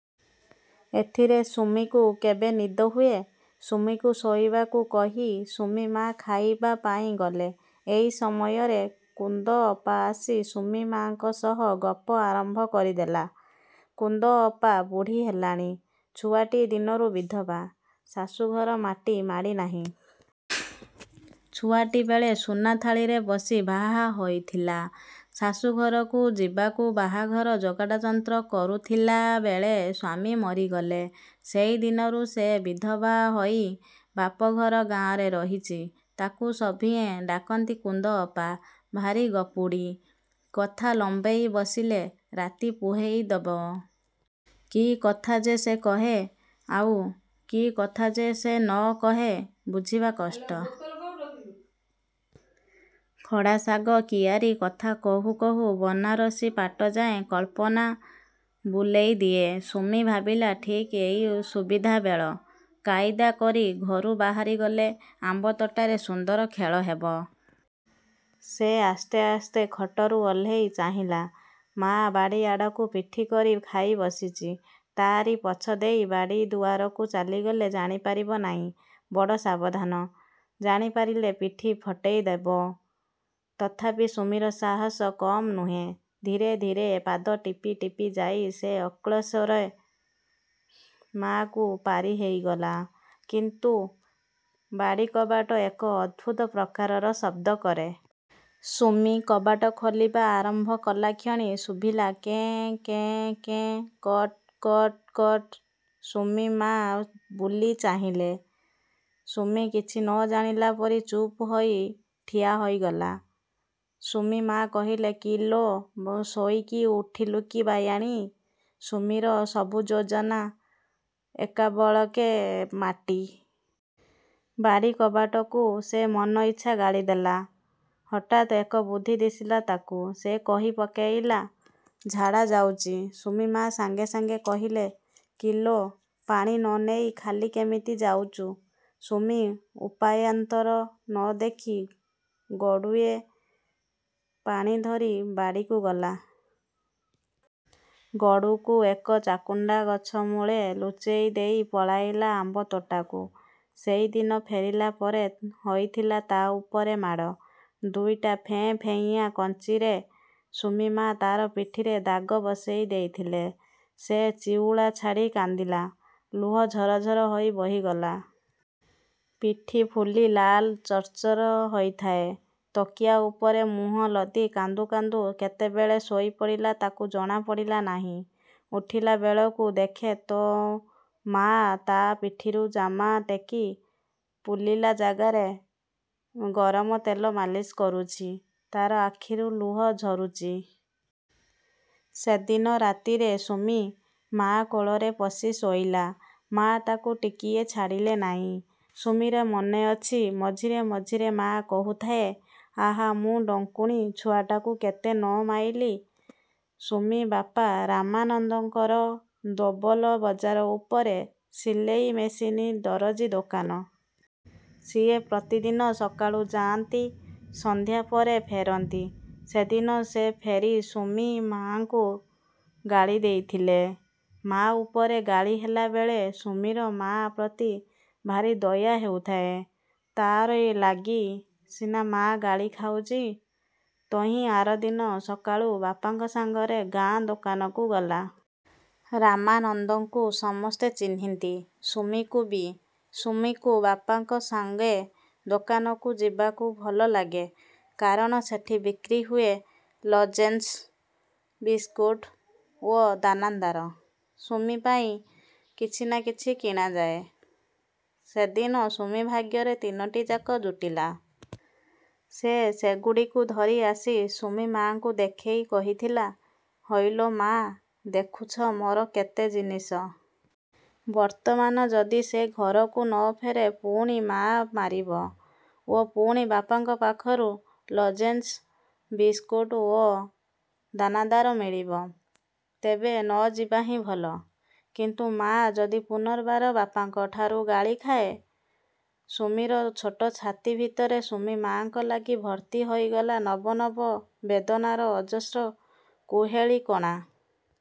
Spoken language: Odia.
ଏଥିରେ ସୁମିକୁ କେବେ ନିଦ ହୁଏ? ସୁମିକୁ ଶୋଇବାକୁ କହି ସୁମି ମା ଖାଇବାପାଇଁ ଗଲେ। ଏଇ ସମୟରେ କୁନ୍ଦ ଅପା ଆସି ସୁମି ମା'ଙ୍କ ସହ ଗପ ଆରମ୍ଭ କରିଦେଲା। କୁନ୍ଦ ଅପା ବୁଢ଼ୀ ହେଲାଣି-। ଛୁଆଟି ଦିନରୁ ବିଧବା। ଶାଶୁଘର ମାଟି ମାଡ଼ି ନାହିଁ। ଛୁଆଟିବେଳେ ସୁନା ଥାଳିରେ ବସି ବାହା ହୋଇଥିଲା। ଶାଶୁଘରକୁ ଯିବାକୁ ବାହାଘର ଯୋଗାଡ଼ଯନ୍ତ୍ର କରୁଥିଲାବେଳେ ସ୍ୱାମୀ ମରିଗଲେ। ସେଇଦିନରୁ ସେ ବିଧବା ହୋଇ ବାପଘର ଗାଁରେ ରହିଚି। ତାକୁ ସଭିଏଁ ଡାକନ୍ତି କୁନ୍ଦ ଅପା। ଭାରି ଗପୁଡ଼ି। କଥା ଲମ୍ବେଇ ବସିଲେ ରାତି ପୁହେଇ ଦେବ। କି କଥା ଯେ ସେ କହେ-ଆଉ, କି କଥା ଯେ ସେ ନ କହେ-ବୁଝିବା କଷ୍ଟ। ଖଡ଼ା ଶାଗ କିଆରୀ କଥା କହୁ କହୁ ବନାରସୀ ପାଟ ଯାଏଁ କଳ୍ପନା ବୁଲେଇ ଦିଏ। ସୁମି ଭାବିଲା-ଠିକ୍ ଏଇ ସୁବିଧା ବେଳ। କାଇଦା କରି ଘରୁ ବାହାରିଗଲେ ଆମ୍ବ ତୋଟାରେ ସୁନ୍ଦର ଖେଳ ହେବ। ସେ ଆସ୍ତେ ଆସ୍ତେ ଖଟରୁ ଓହ୍ଲେଇ ଚାହିଁଲା-ମା' ବାଡ଼ିଆଡ଼କୁ ପିଠି କରି ଖାଇ ବସିଚି। ତା'ରି ପଛ ଦେଇ ବାଡ଼ି ଦୁଆରକୁ ଚାଲିଗଲେ ଜାଣିପାରିବ ନାଇଁ। ବଡ଼ ସାବଧାନ। ଜାଣିପାରିଲେ ପିଠି ଫଟେଇଦେବ। ତଥାପି ସୁମିର ସାହସ କମ୍ ନୁହେଁ। ଧୀରେ ଧୀରେ ପାଦ ଟିପି ଟିପି ଯାଇ ସେ ଅକ୍ଳେଶରେ ମା'କୁ ପାରି ହୋଇଗଲା; କିନ୍ତୁ ବାଡ଼ିକବାଟ ଏକ ଅଦ୍ଭୁତ ପ୍ରକାରର ଶବ୍ଦ କରେ। ସୁମି କବାଟ ଖୋଲିବା ଆରମ୍ଭ କଲାକ୍ଷଣି ଶୁଭିଲା-କେଁ କେଁ କେଁ କଟ୍-କଟ୍-କଟ୍। ସୁମିମା ବୁଲି ଚାହିଁଲେ। ସୁମି କିଛି ନ ଜାଣିଲା ପରି ଚୁପ୍ ହୋଇ ଠିଆ ହୋଇଗଲା। ସୁମି ମା କହିଲେ-'କିଲୋ, ଶୋଇକି ଉଠିଲୁକି ବାୟାଣୀ। ' ସୁମିର ସବୁ ଯୋଜନା ଏକାବେଳକେ ମାଟି। ବାଡ଼ିକବାଟକୁ ସେ ମନଇଚ୍ଛା ଗାଳି ଦେଲା। ହଠାତ୍ ଏକ ବୁଦ୍ଧି ଦିଶିଲା ତାକୁ-ସେ କହି ପକେଇଲା-ଝାଡ଼ା ଯାଉଚି। ସୁମି ମା ସାଙ୍ଗେ ସାଙ୍ଗେ କହିଲେ-''କିଲୋ ପାଣି ନ ନେଇ ଖାଲି କେମିତି ଯାଉଚୁ। '' ସୁମି ଉପାୟାନ୍ତର ନ ଦେଖି ଗଡ଼ୁଏ ପାଣି ଧରି ବାଡ଼ିକୁ ଗଲା। ଗଡ଼ୁକୁ ଏକ ଛୋଟ ଚାକୁଣ୍ଡା ଗଛ ମୂଳେ ଲୁଚେଇ ଦେଇ ପଳାଇଲା ଆମ୍ବତୋଟାକୁ। ସେଇ ଦିନ ଫେରିଲା ପରେ ହୋଇଥିଲା ତା ଉପରେ ମାଡ଼। ଦୁଇଟା ଫେଁ-ଫେଁଇଆ-କଞ୍ଚିରେ ସୁମି ମା ତାର ପିଠିରେ ଦାଗ ବସେଇ ଦେଇଥିଲେ। ସେ ଚିଉଳା ଛାଡ଼ି କାନ୍ଦିଲା, ଲୁହ ଝରଝର ହୋଇ ବହିଗଲା। ପିଠି ଫୁଲି ଲାଲ ଚର୍ଚ୍ଚର ହୋଇଥାଏ। ତକିଆ ଉପରେ ମୁହଁ ଲଦି କାନ୍ଦୁ କାନ୍ଦୁ କେତେବେଳେ ଶୋଇପଡ଼ିଲା ତାକୁ ଜଣାପଡ଼ିଲା ନାହିଁ। ଉଠିଲାବେଳକୁ ଦେଖେ ତ ମାଆ ତା ପିଠିରୁ ଜାମା ଟେକି ପୁଲିଲା ଜାଗାରେ ଗରମ ତେଲ ମାଲିସ କରୁଛି। ତାର ଆଖିରୁ ଲୁହ ଝରୁଚି। ସେ ଦିନ ରାତିରେ ସୁମି ମା' କୋଳରେ ପଶି ଶୋଇଲା। ମା' ତାକୁ ଟିକିଏ ଛାଡ଼ିଲେ ନାଇଁ। ସୁମିର ମନେ ଅଛି ମଝିରେ ମଝିରେ ମା' କହୁଥାଏ-'ଆହା, ମୁଁ ଡଙ୍କୁଣୀ ଛୁଆଟାକୁ କେତେ ନ ମାଇଲି। ' ସୁମି-ବାପା ରାମାନନ୍ଦଙ୍କର ଦୋବଲ ବଜାର ଉପରେ ସିଲେଇ ମେସିନ ଦରଜୀ ଦୋକାନ। ସିଏ ପ୍ରତିଦିନ ସକାଳୁ ଯାଆନ୍ତି-ସଂଧ୍ୟା ପରେ ଫେରନ୍ତି। ସେଦିନ ସେ ଫେରି ସୁମି। ମା'ଙ୍କୁ ଗାଳି ଦେଇଥିଲେ। ମା' ଉପରେ ଗାଳି ହେଲାବେଳେ ସୁମିର ମାଆ ପ୍ରତି ଭାରି ଦୟା ହେଉଥାଏ। ତା'ରି ଲାଗି ସିନା ମାଆ ଗାଳି ଖାଉଛି। ତହିଁ ଆରଦିନ ସକାଳୁ ବାପାଙ୍କ ସାଙ୍ଗରେ ଗାଁ-ଦୋକାନକୁ ଗଲା। ରାମାନନ୍ଦଙ୍କୁ ସମସ୍ତେ ଚିହ୍ନିନ୍ତି। ସୁମିକୁ ବି। ସୁମିକୁ ବାପାଙ୍କ ସାଙ୍ଗେ ଦୋକାନକୁ ଯିବାକୁ ଭଲ ଲାଗେ। କାରଣ ସେଠି ବିକ୍ରୀ ହୁଏ-ଲଜେନ୍ସ, ବିସ୍କୁଟ ଓ ଦାନାଦାର। ସୁମି ପାଇଁ କିଛି ନା କିଛି କିଣାଯାଏ। ସେଦିନ ସୁମି ଭାଗ୍ୟରେ ତିନୋଟିଯାକ ଜୁଟିଲା। ସେ ସେଗୁଡ଼ିକୁ ଧରି ଆସି ସୁମି ମା'ଙ୍କୁ ଦେଖେଇ କହିଥିଲା-''ହଇଲୋ ମା' ଦେଖୁଛ ମୋର କେତେ ଜିନିଷ। '' ବର୍ତ୍ତମାନ ଯଦି ସେ ଘରକୁ ନ ଫେରେ ପୁଣି ମା' ମାରିବ ଓ ପୁଣି ବାପାଙ୍କ ପାଖରୁ ଲଜେନ୍ସ, ବିସ୍କୁଟ ଓ ଦାନଦାର ମିଳିବ। ତେବେ ନ ଯିବାହିଁ ଭଲ। କିନ୍ତୁ ମାଆ ଯଦି ପୁନର୍ବାର ବାପାଙ୍କଠାରୁ ଗାଳି ଖାଏ? ସୁମିର ଛୋଟ ଛାତି ଭିତରେ ସୁମିମା'ଙ୍କ ଲାଗି ଭର୍ତ୍ତି ହୋଇଗଲା ନବ ନବ ବେଦନାର ଅଜସ୍ର କୁହେଳିକଣା।